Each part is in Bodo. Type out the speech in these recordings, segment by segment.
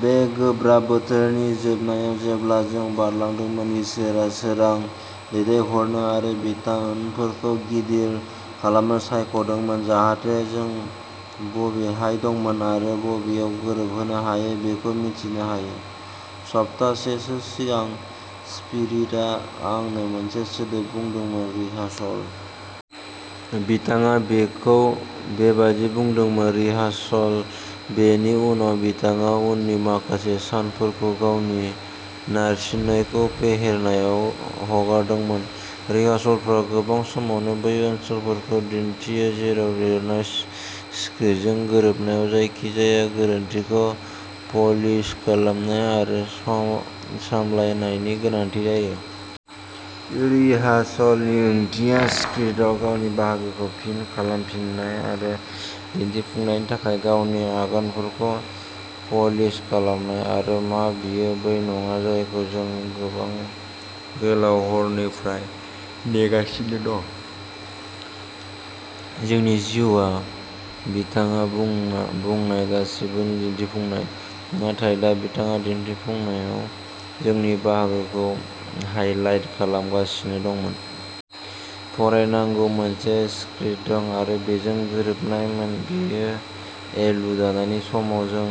बे गोब्राब बोथोरनि जोबनायाव, जेब्ला जों बारलांदोंमोन, इसोरआ सोरां दैथायहरनो आरो बिथोनफोरखौ गिदिर खालामनो सायख'दोंमोन, जाहाथे जों बबेहाय दंमोन आरो बबेयाव गोरोबहोनो हायो बेखौ मिथिनो हायो! सप्तासेसो सिगां, स्पिरिटआ आंनो मोनसे सोदोब बुंदोंमोन, "रिहार्सेल।" बिथाङा बेखौ बेबायदि बुंदोंमोनः रिहार्सेल। बेनि उनाव बिथाङा उननि माखासे सानफोरखौ गावनि नारसिननायखौ फेहेरनायाव हगारदोंमोन। रिहार्सेलफोरा गोबां समावनो बै ओनसोलफोरखौ दिन्थियो, जेराव लिरनाय स्क्रिप्टजों गोरोबनायाव जायखिजाया गोरोन्थिखौ प'लिश खालामनाय आरो सामलायनायनि गोनांथि जायो। रिहार्सेलनि ओंथिया'स्क्रिप्टआव गावनि बाहागोखौ फिन खालामफिननाय एबा दिन्थिफुंनायनि थाखाय गावनि आगानफोरखौ प'लिश खालामनाय '!! आरो मा बेयो बै नङा जायखौ जों गोबां गोलाव हरनिफ्राय नेगासिनो दं, जोंनि जिउआव बिथाङा बुंनाय गासैबोनि दिन्थिफुंनाय?! नाथाय दा, बिथाङा दिन्थिफुंनायाव जोंनि बाहागोखौ हाईलाइट खालामगासिनो दंमोन। फरायनांगौ मोनसे स्क्रिप्ट दं। आरो बेजों गोरोबनाय। बेयो एलुल दाननि समाव जों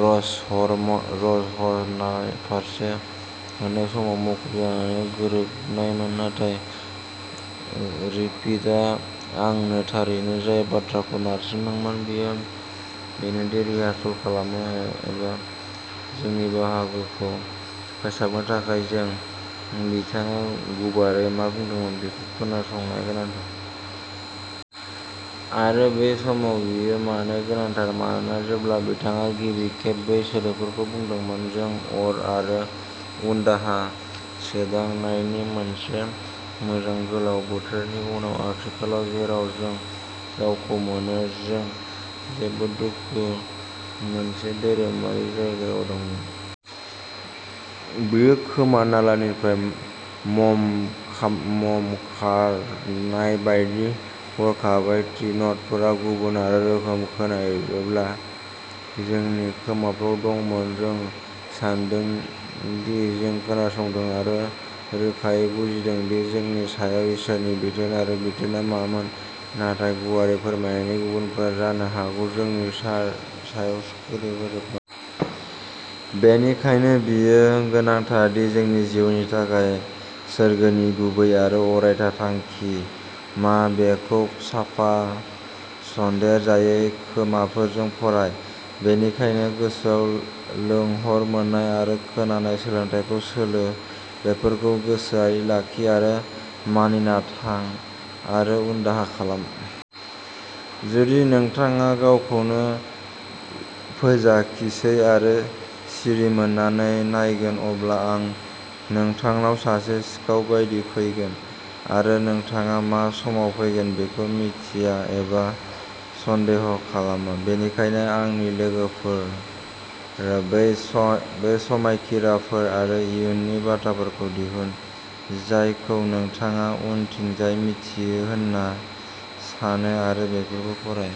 र'श हरम र'श हरनाह फारसे थांनाय समाव मुखुब जानायजों गोरोबनायमोन। नाथाय स्पिरिटआ आंनो थारैनो जाय बाथ्राखौ नारसिनदोंमोन, बेयो बेनोदि रिहार्सेल खालामनो एबा जोंनि बाहागोखौ फोसाबनो थाखाय, जों बिथाङा गुबैयै मा बुंदोंमोन बेखौ खोनासंनाया गोनांथार। आरो बे समाव बेयो मानो गोनांथार? मानोना जेब्ला बिथाङा गिबि खेब बै सोदोबफोरखौ बुंदोंमोन, जों अर आरो उनदाहा सोदांनायनि मोनसे मोजां गोलाव बोथोरनि उनाव आथिखालाव जेराव जों गावखौ मोनो, जों जोबोद गुबुन मोनसे धोरोमारि जायगायाव दंमोन। बेयो खोमा नालानिफ्राय मम खारनाय बायदि। हरखाबै थि न'टफोरा गुबुन आरो रोखा खोनायो! जेब्ला जोंनि खोमाफोराव मम दंमोन, जों सानोदि जों खोनासंदोंमोन आरो रोखायै बुजिदोंमोन दि जोंनि सायाव इसोरनि बिथोन आरो बिथोनआ मामोन, नाथाय गुवारै फोरमायनायनि गुबुनाफोरा जानो हागौ जोंनि सायाव गोमोरबाय। बेनिखायनो बेयो गोनांथार दि जोंनि जिउनि थाखाय सोरगोनि गुबै आरो अरायथा थांखि मा बेखौ साफा, सन्देरजायै खोमाफोरजों फराय। बेनिखायनो गोसोआव लेंहर, मोन्नाय आरो खोनानाय सोलोंथायखौ सोलों; बेफोरखौ गोसोयाव लाखि आरो मानिना थां, आरो उनदाहा खालाम। जुदि नोंथाङा गावखौनो फोजाखिसै आरो सिरिमोननानै नायगोन, अब्ला आं नोंथांनाव सासे सिखाव बायदि फैगोन, आरो नोंथाङा मा समाव फैगोन बेखौ मिन्थिया एबा सन्देह खालामला। बेनिखायनो, आंनि लोगोफोर, बै समायखिराफोर आरो इयुननि बाथ्राफोरखौ दिहुन, जायखौ नोंथाङा उनथिंजाय मिन्थियो होनना सानो आरो बेफोरखौ फराय।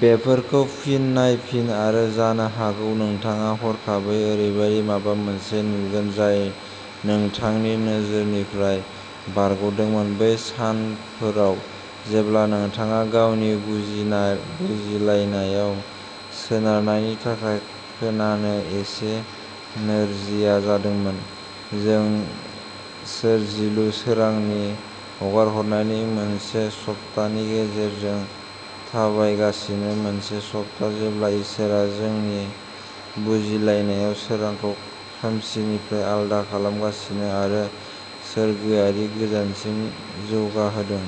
बेफोरखौ फिन नायफिन आरो जानो हागौ नोंथाङा हरखाबै ओरैबायदि माबा मोनसे नुगोन जाय नोंथांनि नोजोरनिफ्राय बारग'दोंमोन बै सानफोराव जेब्ला नोंथाङा गावनि बुजिनाय बुजिलायनायाव सोनारनायनि थाखाय खोनानो एसे नोरजिया जादोंमोन। जों सोरजिलु सोरांनि हगारनायनि मोनसे सप्तानि गेजेरजों थाबायगासिनो; मोनसे सप्ता जेब्ला इसोरआ जोंनि बुजिलायनायाव सोरांखौ खोमसिनिफ्राय आलादा खालामगासिनो आरो सोरगोआरि गोजानसिम जौगाहोदों।